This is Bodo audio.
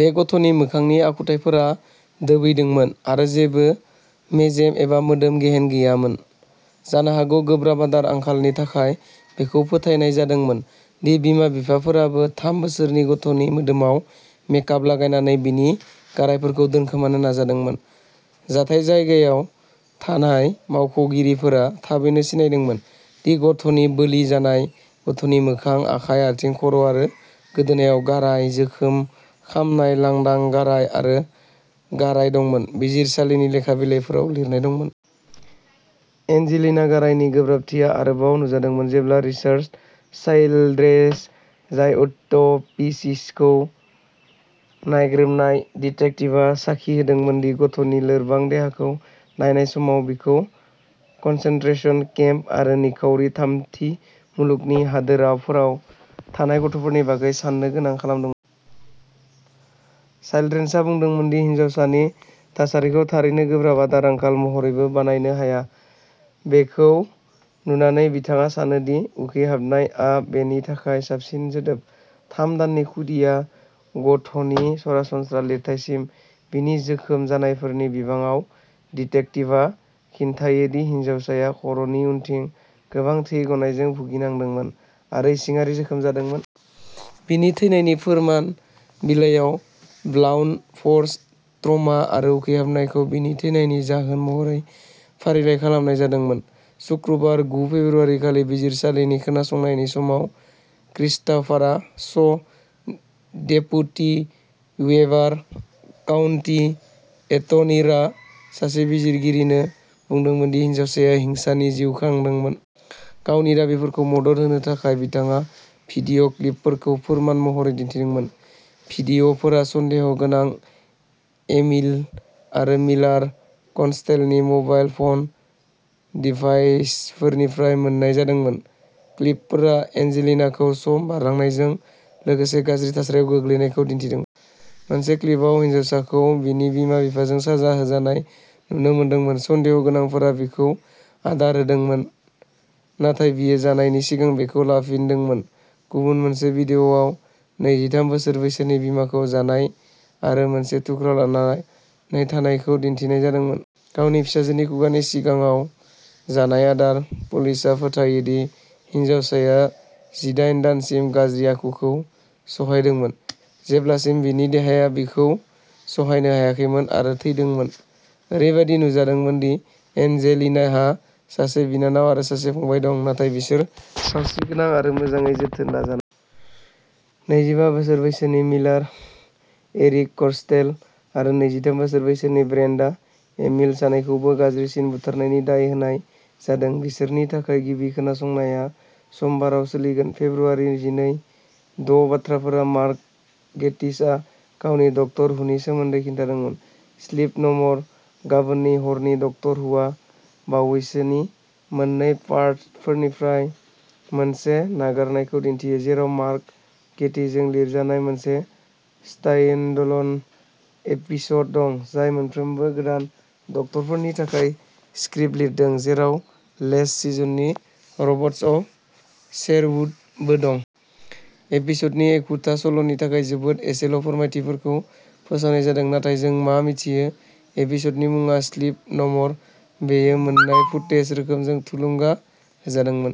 बे गथ'नि मोखांनि आखुथाइफोरा दोबैदोंमोन आरो जेबो मेजेम एबा मोदोम-गेहेन गैयामोन, जानो हागौ गोब्राब आदार आंखालनि थाखाय। बेखौ फोथायनाय जादोंमोन दि बिमा-बिफाफोराबो थाम बोसोरनि गथ'नि मोदोमाव मेकाप लागायनानै बिनि गारायफोरखौ दोनखोमानो नाजादोंमोन। जाथाय जायगायाव थानाय मावख'गिरिफोरा थाबैनो सिनायदोंमोन दि गथ'नि बोलि जानाय गथ'नि मोखां, आखाइ, आथिं, खर' आरो गोदोनायाव गाराय, जोखोम, खामनाय, लांदां गाराय आरो गाराय दंमोन बिजिरसालिनि लेखा बिलाइफोराव लिरनाय दंमोन। एन्जेलिना गारायनि गोब्राबथिया आरोबाव नुजादोंमोन जेब्ला रिचार्ड चाइल्ड्रेस, जाय अट'पिसिसखौ नायग्रोमनाय डिटेक्टिभआ साखि होदोंमोन दि गथ'नि लोरबां देहाखौ नायनाय समाव, बिखौ कन्सेन्ट्रेशन केम्प आरो निखावरि थामथि मुलुगनि हादोरफोराव थानाय गथ'फोरनि बागै साननो गोनां खालामदों। चाइल्ड्रेन्सआ बुंदोंमोन दि हिनजावसानि थासारिखौ थारैनो गोब्राब आदार आंखाल महरैबो बानायनो हाया। बेखौ नुनानै, बिथाङा सानो दि उखैहाबनाय आ बेनि थाखाय साबसिन सोदोब। थाम दाननि खुदिया गथ'नि सरासनस्रा लिरथाइसिम। बिनि जोखोम जानायफोरनि बिबाङाव, डिटेक्टिभआ खिन्थायो दि हिनजावसाया खर'नि उनथिं गोबां थै गनायजों भुगिनांदोंमोन आरो इसिङारि जोखोम जादोंमोन। बिनि थैनायनि फोरमान बिलाइयाव, ब्लाउन्ट फर्स ट्रमा आरो उखैहाबनायखौ बिनि थैनायनि जाहोन महरै फारिलाइ खालामनाय जादोंमोन। सुक्रुबार, गु फेब्रुआरिखालि बिजिरसालिनि खोनासंनायनि समाव, क्रिस्टफारा श, डेप्युटी वेबार काउन्टि एटर्नीआ सासे बिजिरगिरिनो बुंदोंमोन दि हिनजावसाया हिंसानि जिउ खांदोंमोन। गावनि दाबिफोरखौ मदद होनो थाखाय, बिथाङा भिडिअ क्लिपफोरखौ फोरमान महरै दिन्थिदोंमोन। भिडिअ फोरा सन्देह' गोनां एमिल आरो मिलार कन्स्टेल'नि मबाइल फ'न डिभाइसफोरनिफ्राय मोन्नाय जादोंमोन। क्लिपफोरा एन्जेलिनाखौ सम बारलांनायजों लोगोसे गाज्रि थासारियाव गोग्लैनायखौ दिन्थिदोंमोन। मोनसे क्लिपआव, हिनजावसाखौ बिनि बिमा-बिफाजों साजा होजानाय नुनो मोनदोंमोन। सन्देह' गोनांफोरा बिखौ आदार होदोंमोन नाथाय बियो जानायनि सिगां बेखौ लाफिनदोंमोन। गुबुन मोनसे वीडिय'आव नैजिथाम बोसोर बैसोनि बिमाखौ जानाय आरो मोनसे थुख्रा लानानै थानायखौ दिन्थिनाय जादोंमोन। गावनि फिसाजोनि खुगानि सिगाङाव जानाय आदार। पुलिसआ फोथायो दि हिनजावसाया जिदायेन दानसिम गाज्रि आखुखौ सहायदोंमोन जेब्लासिम बिनि देहाया बेखौ सहायनो हायाखैमोन आरो थैदोंमोन। ओरैबायदि नुजादोंमोन दि एन्जेलिनाहा सासे बिनानाव आरो सासे फंबाय दं नाथाय बिसोर सावस्रिगोनां आरो मोजाङै जोथोन लाजा नैजिबा बोसोर बैसोनि मिलार एरिक कस्टेल आरो नैजिथाम बोसोर बैसोनि ब्रेन्डा एमिल, सानैखौबो गाज्रिसिन बुथारनायनि दाय होनाय जादों। बिसोरनि थाखाय गिबि खोनासंनाया समबाराव सोलिगोन, फेब्रुआरि जिनै। द' बाथ्राफोरा मार्क गेटिसआ गावनि डक्टर हुनि सोमोन्दै खिन्थादोंमोन, स्लिप न'मर गाबोननि हरनि डक्टर हुआ बावैसोनि मोननै पार्टफोरनिफ्राय मोनसे नागारनायखौ दिन्थियो, जेराव मार्क गेटिसजों लिरजानाय मोनसे स्ट्यान्डअल'न एपिसड दं, जाय मोनफ्रोमबो गोदान डक्टरफोरनि थाखाय स्क्रिप्ट लिरदों, जेराव लेस्ट सिजननि रबट्स अफ शेरवुड बो दं। एपिसडनि एखुथा सल'नि थाखाय, जोबोद एसेल' फोरमायथिफोरखौ फोसावनाय जादों, नाथाय जों मा मिथियो एपिसडनि मुङा स्लिप न'मर बेयो मोन्नाय फुटेज रोखोमजों थुलुंगा होजादोंमोन।